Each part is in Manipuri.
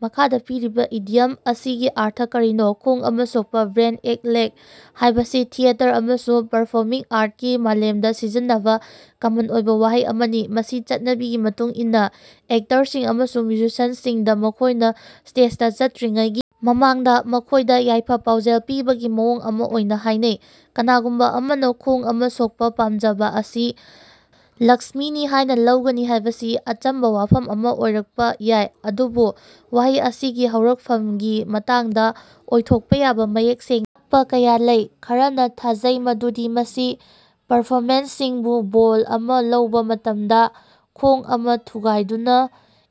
ꯃꯈꯥꯗ ꯄꯤꯔꯤꯕ ꯏꯗꯤꯌꯝ ꯑꯁꯤꯒꯤ ꯑꯔꯊ ꯀꯔꯤꯅꯣ: ꯈꯣꯡ ꯑꯃꯥ ꯁꯣꯛꯄ "ꯕ꯭ꯔꯦꯛ ꯑꯦ ꯂꯦꯒ" ꯍꯥꯏꯕꯁꯤ ꯊꯤꯌꯦꯇꯔ ꯑꯃꯁꯨꯡ ꯄꯔꯐꯣꯃꯤꯡ ꯑꯥ꯭ꯔꯠꯀꯤ ꯃꯥꯂꯦꯝꯗꯥ ꯁꯤꯖꯤꯟꯅꯕ ꯀꯃꯟ ꯑꯣꯏꯕ ꯋꯥꯍꯩ ꯑꯃꯅꯤ꯫ ꯃꯁꯤ ꯆꯠꯅꯕꯤꯒꯤ ꯃꯇꯨꯡ ꯏꯟꯅ ꯑꯦꯛꯇꯔꯁꯤꯡ ꯑꯃꯁꯨꯡ ꯃ꯭ꯌꯨꯖꯤꯁꯤꯌꯟꯁꯤꯡꯗ ꯃꯈꯣꯏꯅ ꯁ꯭ꯇꯦꯖꯇ ꯆꯠꯇꯔꯤꯉꯩꯒꯤ ꯃꯃꯥꯡꯗ ꯃꯈꯣꯏꯗ ꯌꯥꯏꯐ-ꯄꯥꯎꯖꯦꯜ ꯄꯤꯕꯒꯤ ꯃꯑꯣꯡ ꯑꯃ ꯑꯣꯏꯅ ꯍꯥꯏꯅꯩ꯫ ꯀꯅꯥꯒꯨꯝꯕ ꯑꯃꯅ ꯈꯣꯡ ꯑꯃ ꯁꯣꯛꯄꯥ ꯄꯥꯃꯖꯕ ꯑꯁꯤ ꯂꯛꯁ꯭ꯃꯤꯅꯤ ꯍꯥꯏꯅ ꯂꯧꯒꯅꯤ ꯍꯥꯏꯕꯁꯤ ꯑꯆꯝꯕ ꯋꯥꯐꯝ ꯑꯃ ꯑꯣꯏꯔꯛꯄ ꯌꯥꯏ, ꯑꯗꯨꯕꯨ ꯋꯥꯍꯩ ꯑꯁꯤꯒꯤ ꯍꯧꯔꯛꯐꯃꯒꯤ ꯃꯇꯥꯡꯗ ꯑꯣꯏꯊꯣꯛꯄꯥ ꯌꯥꯕꯥ ꯃꯌꯦꯛ ꯁꯦꯡꯅ ꯇꯥꯛꯄ ꯀꯌꯥ ꯂꯩ꯫ ꯈꯔꯅ ꯊꯥꯖꯩ ꯃꯗꯨꯗꯤ ꯃꯁꯤ ꯄꯔꯐ꯭ꯣꯔꯃꯔꯁꯤꯡꯕꯨ ꯕꯣꯜ ꯑꯃ ꯂꯧꯕ ꯃꯇꯝꯗ "ꯈꯣꯡ ꯑꯃꯥ ꯊꯨꯒꯥꯏꯗꯨꯅꯥ"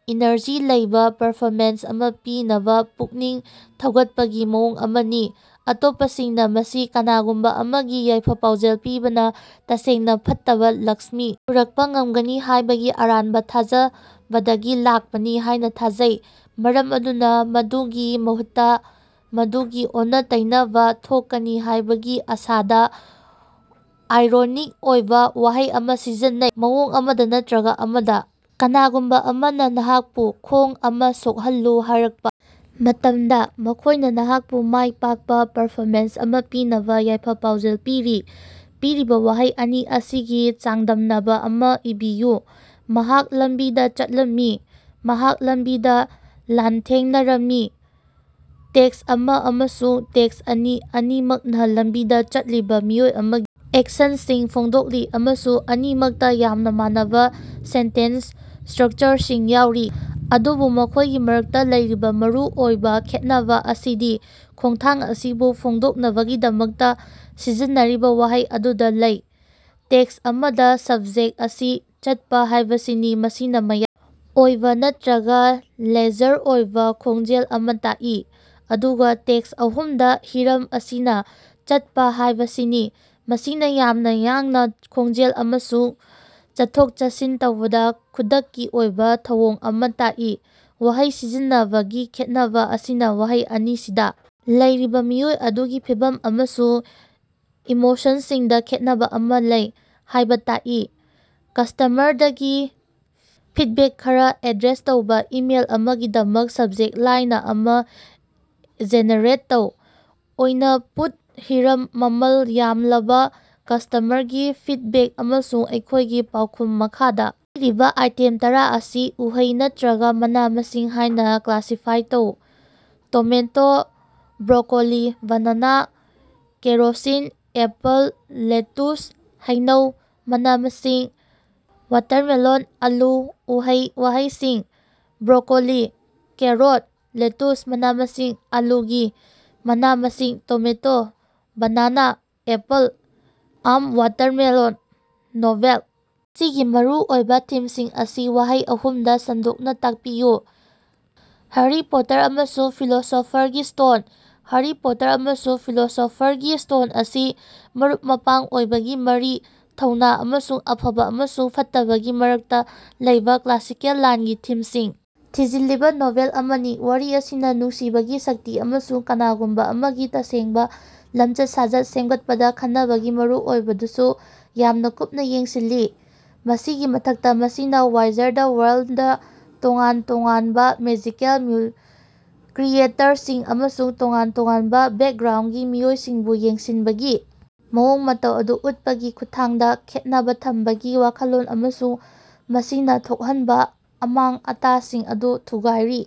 ꯏꯅꯔꯖꯤ ꯂꯩꯕ ꯄꯔꯐꯣꯃꯦꯟꯁ ꯑꯃ ꯄꯤꯅꯕ ꯄꯨꯛꯅꯤꯡ ꯊꯧꯒꯠꯄꯒꯤ ꯃꯑꯣꯡ ꯑꯃꯅꯤ꯫ ꯑꯇꯣꯞꯄꯁꯤꯡꯅ ꯃꯁꯤ ꯀꯅꯥꯒꯨꯝꯕ ꯑꯃꯒꯤ ꯌꯥꯏꯐ-ꯄꯥꯎꯖꯦꯜ ꯄꯤꯕꯅ ꯇꯁꯦꯡꯅꯥ ꯐꯠꯇꯕ ꯂꯛꯁ꯭ꯃꯤ ꯄꯨꯔꯛꯄ ꯉꯝꯒꯅꯤ ꯍꯥꯏꯕꯒꯤ ꯑꯔꯥꯟꯕ ꯊꯥꯖꯕꯗꯒꯤ ꯂꯥꯛꯄꯅꯤ ꯍꯥꯏꯅ ꯊꯥꯖꯩ, ꯃꯔꯝ ꯑꯗꯨꯅ ꯃꯗꯨꯒꯤ ꯃꯍꯨꯠꯇ, ꯃꯗꯨꯒꯤ ꯑꯣꯟꯅ-ꯇꯩꯅꯕꯗ ꯊꯣꯛꯀꯅꯤ ꯍꯥꯏꯕꯒꯤ ꯑꯥꯁꯥꯗ ꯑꯥꯏꯔꯣꯅꯤꯛ ꯑꯣꯏꯕ ꯋꯥꯍꯩ ꯑꯃ ꯁꯤꯖꯤꯟꯅꯩ꯫ ꯃꯑꯣꯡ ꯑꯃꯗ ꯅꯠꯇꯔꯒ ꯑꯃꯗ, ꯀꯅꯥꯒꯨꯝꯕ ꯑꯃꯅ ꯅꯍꯥꯛꯄꯨ "ꯈꯣꯡ ꯑꯃꯥ ꯁꯣꯛꯍꯜꯂꯨ" ꯍꯥꯏꯔꯛꯄꯥ ꯃꯇꯝꯗ, ꯃꯈꯣꯏꯅ ꯅꯍꯥꯀꯄꯨ ꯃꯥꯏ ꯄꯥꯛꯄ ꯄꯔꯐꯣꯃꯦꯟꯁ ꯑꯃꯥ ꯄꯤꯅꯕ ꯌꯥꯏꯐ-ꯄꯥꯎꯖꯦꯜ ꯄꯤꯔꯤ꯫ ꯄꯤꯔꯤꯕ ꯋꯥꯍꯩ ꯑꯅꯤ ꯑꯁꯤꯒꯤ ꯆꯥꯡꯗꯝꯅꯕ ꯑꯃꯥ ꯏꯕꯤꯌꯨ꯫ ꯃꯍꯥꯛ ꯂꯝꯕꯤꯗ ꯆꯠꯂꯝꯃꯤ꯫ ꯃꯍꯥꯛ ꯂꯝꯕꯤꯗ ꯂꯥꯟꯊꯦꯡꯅꯔꯝꯃꯤ꯫ ꯇꯦꯛꯁ ꯑꯃ ꯑꯃꯁꯨꯡ ꯇꯦꯛꯁ ꯑꯅꯤ ꯑꯅꯤꯃꯛꯅ ꯂꯝꯕꯤꯗ ꯆꯠꯂꯤꯕ ꯃꯤꯑꯣꯏ ꯑꯃꯒꯤ ꯑꯦꯛꯁꯟꯁꯤꯡ ꯐꯣꯡꯗꯣꯛꯂꯤ, ꯑꯃꯁꯨꯡ ꯑꯅꯤꯃꯛꯇ ꯌꯥꯝꯅ ꯃꯥꯟꯅꯕ ꯁꯦꯟꯇꯦꯟꯁ ꯁ꯭ꯇꯔꯛꯆꯔꯁꯤꯡ ꯌꯥꯎꯔꯤ꯫ ꯑꯗꯨꯕꯨ ꯃꯈꯣꯏꯒꯤ ꯃꯔꯛꯇ ꯂꯩꯔꯤꯕ ꯃꯔꯨ ꯑꯣꯏꯕ ꯈꯦꯟꯅꯕ ꯑꯁꯤꯗꯤ ꯈꯣꯡꯊꯥꯡ ꯑꯁꯤꯕꯨ ꯐꯣꯡꯗꯣꯛꯅꯕꯒꯤꯗꯃꯛꯇ ꯁꯤꯖꯤꯟꯅꯔꯤꯕ ꯋꯥꯍꯩ ꯑꯗꯨꯗ ꯂꯩ꯫ ꯇꯦꯛꯁ ꯑꯃ ꯗ ꯁꯕꯖꯦꯛ ꯑꯁꯤ "ꯆꯠꯄ" ꯍꯥꯏꯕꯁꯤꯅꯤ ꯃꯁꯤꯅ ꯃꯌꯥꯏ ꯑꯣꯏꯕꯥ ꯅꯠꯇꯔꯒ ꯂꯦꯖꯔ ꯑꯣꯏꯕ ꯈꯣꯡꯖꯦꯜ ꯑꯃ ꯇꯥꯛꯏ, ꯑꯗꯨꯒꯥ ꯇꯦꯛꯁ ꯑꯍꯨꯝ ꯗꯥ ꯍꯤꯔꯝ ꯑꯁꯤꯅꯥ "ꯆꯠꯄ" ꯍꯥꯌꯕꯁꯤꯅꯤ ꯃꯁꯤꯅ ꯌꯥꯝꯅꯥ ꯌꯥꯡꯅ ꯈꯣꯡꯖꯦꯜ ꯑꯃꯁꯨꯡ ꯆꯠꯊꯣꯛ-ꯆꯠꯁꯤꯟ ꯇꯧꯕꯗ ꯈꯨꯗꯛꯀꯤ ꯑꯣꯏꯕ ꯊꯧꯑꯣꯡ ꯑꯃ ꯇꯥꯛꯏ꯫ ꯋꯥꯍꯩ ꯁꯤꯖꯤꯟꯅꯕꯒꯤ ꯈꯦꯟꯅꯕ ꯑꯁꯤꯅ ꯋꯥꯍꯩ ꯑꯅꯤꯁꯤꯗ ꯂꯩꯔꯤꯕ ꯃꯤꯑꯣꯏ ꯑꯗꯨꯒꯤ ꯐꯤꯚꯝ ꯑꯃꯁꯨꯡ ꯏꯃꯣꯁꯟꯁꯤꯡꯗ ꯈꯦꯠꯅꯕ ꯑꯃꯥ ꯂꯩ ꯍꯥꯌꯕ ꯇꯥꯛꯏ꯫ ꯀꯁ꯭ꯇꯃꯔꯗꯒꯤ ꯐꯤꯗꯕꯦꯛ ꯈꯔꯥ ꯑꯦꯗ꯭ꯔꯦꯁ ꯇꯧꯕ ꯏꯃꯦꯜ ꯑꯃꯒꯤꯗꯃꯛ ꯁꯕꯖꯦꯛ ꯂꯥꯏꯟ ꯑꯃꯥ ꯖꯦꯅꯦꯔꯦꯠ ꯇꯧ꯫ ꯅꯣꯏꯅꯄꯨꯠ ꯍꯤꯔꯝ ꯃꯃꯜ ꯌꯥꯝꯂꯕ ꯀꯁ꯭ꯇꯃꯔꯒꯤ ꯐꯤꯗꯕꯦꯛ ꯑꯃꯁꯨꯡ ꯑꯩꯈꯣꯏꯒꯤ ꯄꯥꯎꯈꯨꯝ꯫ ꯃꯈꯥꯗꯥ ꯄꯤꯔꯤꯕ ꯑꯥꯏꯇꯦꯝ ꯇꯔꯥ ꯑꯁꯤ ꯎꯍꯩ ꯅꯠꯇꯔꯒꯥ ꯃꯅꯥ-ꯃꯁꯤꯡ ꯍꯥꯏꯅ ꯀ꯭ꯂꯥꯁꯤꯐꯥꯏ ꯇꯧ꯫ Tomato, broccoli, banana, kerosene, apple, lettuce, ꯍꯩꯅꯧ, ꯃꯅꯥ-ꯃꯁꯤꯡ, ꯋꯥꯇ꯭ꯔꯃꯦꯜ, ꯑꯥꯂꯨ꯫ ꯎꯍꯩ-ꯋꯥꯍꯩꯁꯤꯡ: ꯕ꯭ꯔꯣꯀꯣꯂꯤ, ꯀꯦꯔꯣꯠ, ꯂꯦꯇꯨꯁ, ꯃꯅꯥ-ꯃꯁꯤꯡ, ꯑꯥꯂꯨꯒꯤ ꯃꯅꯥ-ꯃꯁꯤꯡ ꯇꯣꯃꯦꯇꯣ, ꯕꯦꯅꯥꯅꯥ, ꯑꯦꯄꯜ, ꯑꯥꯝ, ꯋꯥꯇꯔꯃꯦꯜ꯫ ꯅꯣꯚꯦꯜ ꯑꯁꯤꯒꯤ ꯃꯔꯨꯑꯣꯏꯕ ꯊꯤꯝꯁꯤꯡ ꯑꯁꯤ ꯋꯥꯍꯩ ꯑꯍꯨꯝ ꯗ ꯁꯟꯗꯣꯛꯅ ꯇꯥꯛꯄꯤꯌꯨ꯫ ꯍ꯭ꯌꯥꯔꯤ ꯄꯣꯇꯥꯔ ꯑꯃꯁꯨꯡ ꯐꯤꯂꯣꯁꯣꯐꯔꯒꯤ ꯁ꯭ꯇꯣꯟ꯫ ꯍ꯭ꯌꯥꯔꯤ ꯄꯣꯇꯔ ꯑꯃꯁꯨꯡ ꯐꯤꯂꯣꯁꯣꯐꯔꯒꯤ ꯁ꯭ꯇꯣꯟ ꯑꯁꯤ ꯃꯔꯨꯞ-ꯃꯄꯥꯡ ꯑꯣꯏꯕꯒꯤ ꯃꯔꯤ, ꯊꯧꯅꯥ ꯑꯃꯁꯨꯡ ꯑꯐꯕ ꯑꯃꯁꯨꯡ ꯐꯠꯇꯕꯒꯤ ꯃꯔꯛꯇ ꯂꯩꯕꯥ ꯀ꯭ꯂꯥꯁꯤꯀꯦꯜ ꯂꯥꯟꯒꯤ ꯊꯤꯝꯁꯤꯡ ꯊꯤꯖꯤꯜꯂꯤꯕ ꯅꯣꯚꯦꯜ ꯑꯃꯅꯤ꯫ ꯋꯥꯔꯤ ꯑꯁꯤꯅ ꯅꯨꯡꯁꯤꯕꯒꯤ ꯁꯛꯇꯤ ꯑꯃꯁꯨꯡ ꯀꯅꯥꯒꯨꯝꯕ ꯑꯃꯒꯤ ꯇꯁꯦꯡꯕ ꯂꯃꯆꯠ-ꯁꯥꯖꯠ ꯁꯦꯃꯒꯠꯄꯗ ꯈꯟꯕꯒꯤ ꯃꯔꯨꯑꯣꯏꯕꯗꯁꯨ ꯌꯥꯝꯅ ꯀꯨꯞꯅ ꯌꯦꯡꯁꯤꯜꯂꯤ꯫ ꯃꯁꯤꯒꯤ ꯃꯊꯛꯇ, ꯃꯁꯤꯅ ꯋꯥꯏꯖꯥꯔꯗ ꯋꯥꯔꯜꯗꯅ ꯇꯣꯉꯥꯟ ꯇꯣꯉꯥꯅꯕ ꯃꯦꯖꯤꯀꯦꯜ ꯀ꯭ꯔꯤꯌꯦꯇꯔꯁꯤꯡ ꯑꯃꯁꯨꯡ ꯇꯣꯉꯥꯟ ꯇꯣꯉꯥꯟꯕ ꯕꯦꯀꯒ꯭ꯔꯥꯎꯟꯒꯤ ꯃꯤꯑꯣꯏꯁꯤꯡꯕꯨ ꯌꯦꯡꯁꯤꯟꯕꯒꯤ ꯃꯑꯣꯡ ꯃꯇꯧ ꯑꯗꯨ ꯎꯠꯄꯒꯤ ꯈꯨꯠꯊꯥꯡꯗ ꯈꯦꯟꯅꯕ ꯊꯝꯕꯒꯤ ꯋꯥꯈꯜꯂꯣꯟ ꯑꯃꯁꯨꯡ ꯃꯁꯤꯅꯥ ꯊꯣꯛꯍꯟꯕ ꯑꯃꯥꯡ-ꯑꯇꯥꯁꯤꯡ ꯑꯗꯨ ꯊꯨꯒꯥꯏꯔꯤ꯫